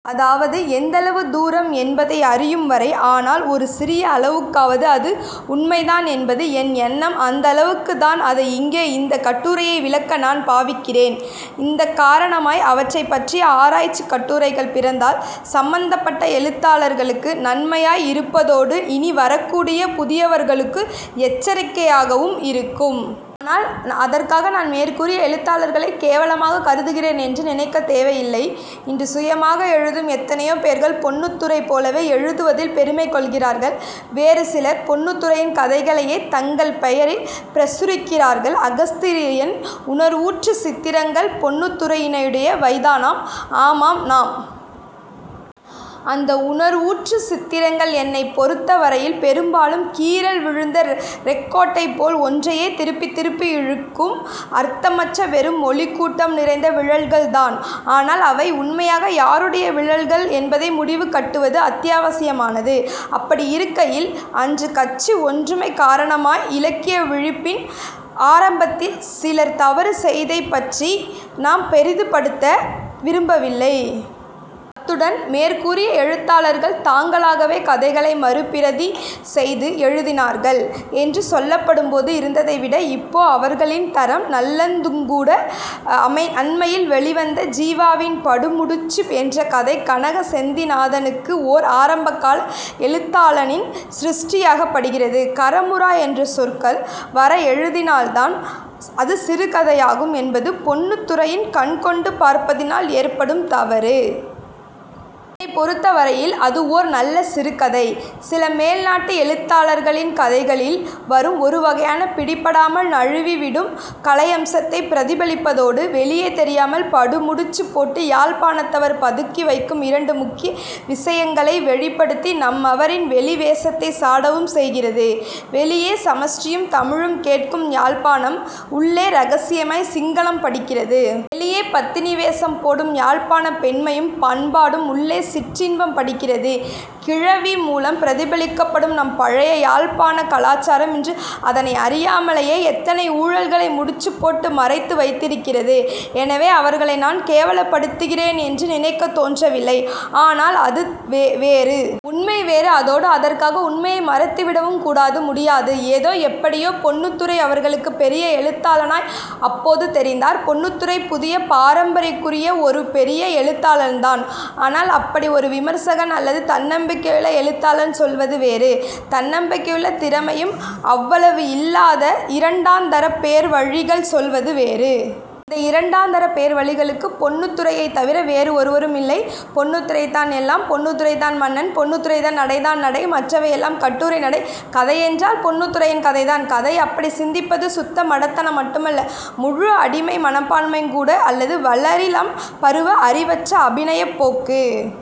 அதாவது, எந்தளவு தூரம் என்பதை அறியும்வரை. ஆனால் ஒரு சிறிய அளவுக்காவது அது உண்மைதான் என்பது என் எண்ணம். அந்தளவுக்குத் தான் அதை இங்கே இந்தக் கட்டுரையை விளக்க நான் பாவிக்கிறேன். இந்த காரணமாய் அவற்றைப்பற்றிய ஆராய்ச்சிக் கட்டுரைகள் பிறந்தால் சம்பந்தப்பட்ட எழுத்தாளர்களுக்கு நன்மையாய் இருப்பதோடு இனி வரக்கூடிய புதியவர்களுக்கு எச்சரிக்கையாகவும் இருக்கும். ஆனால், அதற்காக நான் மேற்கூறிய எழுத்தாளர்களைக் கேவலமாகக் கருதுகிறேன் என்று நினைக்கத் தேவையில்லை. இன்று சுயமாக எழுதும் எத்தனையோ பேர்கள் பொன்னுத்துரை போலவே எழுதுவதில் பெருமை கொள்கிறார்கள். வேறு சிலர் பொன்னுத்துரையின் கதைகளையே தங்கள் பெயரில் பிரசுரிக்கிறார்கள். அகஸ்தியரின் 'உணர்வூற்றுச் சித்திரங்கள்' பொன்னுத்துரையினுடையவைதானாம். ஆமாம், 'னாம். ' அந்த 'உணர்வூற்றுச் சித்திரங்கள் 'என்னைப் பொருத்தவரையில், பெரும்பாலும் கீறல் விழுந்த றெக்கோட்டைப்போல் ஒன்றையே திருப்பித் திருப்பி இழுக்கும் அர்த்தமற்ற வெறும் ஒலிக்கூட்டம் நிறைந்த விழல்கள்தான். ஆனால் அவை உண்மையாக யாருடைய விழல்கள் என்பதை முடிவு கட்டுவது அத்தியாவசியமானது. அப்படியிருக்கையில் அன்று கட்சி ஒன்றுமை காரணமாய், இலக்கிய விழிப்பின் ஆரம்பத்தில் சிலர் தவறு செய்தைப்பற்றி நாம் பெரிதுபடுத்த விரும்பவில்லை. அத்துடன், மேற்கூறிய எழுத்தாளர்கள் தாங்களாகவே கதைகளை மறுபிரதி செய்து எழுதினார்கள் என்று சொல்லப்படும்போது இருந்ததைவிட, இப்போ அவர்களின் தரம் நல்லதுங்கூட. அண்மையில் வெளிவந்த ஜீவாவின் 'படுமுடிச்சு' என்ற கதை கனக செந்திநாதனுக்கு ஓர் ஆரம்பகால் எழுத்தாளனின் சிருஷ்டியாகப் படுகிறது. 'கறமுறா' என்ற சொற்கள் வர எழுதினால்தான் அது சிறுகதையாகும் என்பது பொன்னுத்துரையின் கண்கொண்டு பார்ப்பதினால் ஏற்படும் தவறு. என்னைப் பொருத்தவரையில் அது ஓர் நல்ல சிறு கதை. சில மேல்நாட்டு எழுத்தாளர்களின் கதைகளில் வரும் ஒருவகையான பிடிபடாமல் நழுவிவிடும் கலையம்சத்தைப் பிரதிபலிப்பதோடு, வெளியே தெரியாமல் படுமுடிச்சுப் போட்டு யாழ்ப்பாணத்தவர் பதுக்கிவைக்கும் இரண்டு முக்கிய விஷயங்களை வெளிப்படுத்தி நம்மவரின் வெளி வேசத்தைச் சாடவும் செய்கிறது. வெளியே சமஷ்டியும் தமிழும் கேட்கும் யாழ்ப்பாணம் உள்ளே இரகசியமாய் சிங்களம் படிக்கிறது. வெளியே பத்தினி வேசம் போடும் யாழ்ப்பாணப் பெண்மையும் பண்பாடும் உள்ளே 'சிற்றின்பம்' படிக்கிறது. கிழவி மூலம் பிரதிபலிக்கப்படும் நம் பழைய யாழ்ப்பாணக் கலாச்சாரம் இன்று அதனை அறியாமலேயே எத்தனை ஊழல்களை முடிச்சுப்போட்டு மறைத்து வைத்திருக்கிறது. எனவே, அவர்களை நான் கேவலப்படுத்துகிறேன் என்று நினைக்கத் தோன்றவில்லை. ஆனால் அது வேறு. உண்மை வேறு. அதோடு, அதற்காக உண்மையை மறைத்துவிடவுங் கூடாது, முடியாது. ஏதோ, எப்படியோ பொன்னுத்துரை அவர்களுக்குப் பெரிய எழுத்தாளனாய் அப்போது தெரிந்தார். பொன்னுத்துரை புதிய பரம்பரைக்குரிய ஓரு பெரிய எழுத்தாளன்தான். ஆனால் அப்படி ஒரு விமர்சகன் அல்லது தன்னம்பிக்கையுள்ள எழுத்தாளன் சொல்வது வேறு, தன்னம்பிக்கையுள்ள திறமையும் அவ்வளவு இல்லாத இரண்டாந்தரப் பேர்வழிகள் சொல்வது வேறு. இந்த இரண்டாந்தரப் பேர்வழிகளுக்கு பொன்னுத்துரையைத் தவிர வேறு ஒருவரும் இல்லை. பொன்னுத்துரைதான் எல்லாம். பொன்னுத்துரைதான் மன்னன். பொன்னுத்துரையின் நடைதான் நடை. மற்றவை எல்லாம் கட்டுரை நடை. கதையென்றால் பொன்னுத்துரையின் கதைதான் கதை! அப்படிச் சிந்திப்பது சுத்த மடத்தனம் மட்டுமல்ல, முழு அடிமை மனப்பான்மையுங்கூட, அல்லது வளரிளம் பருவ அறிவற்ற அபிநயப்போக்கு.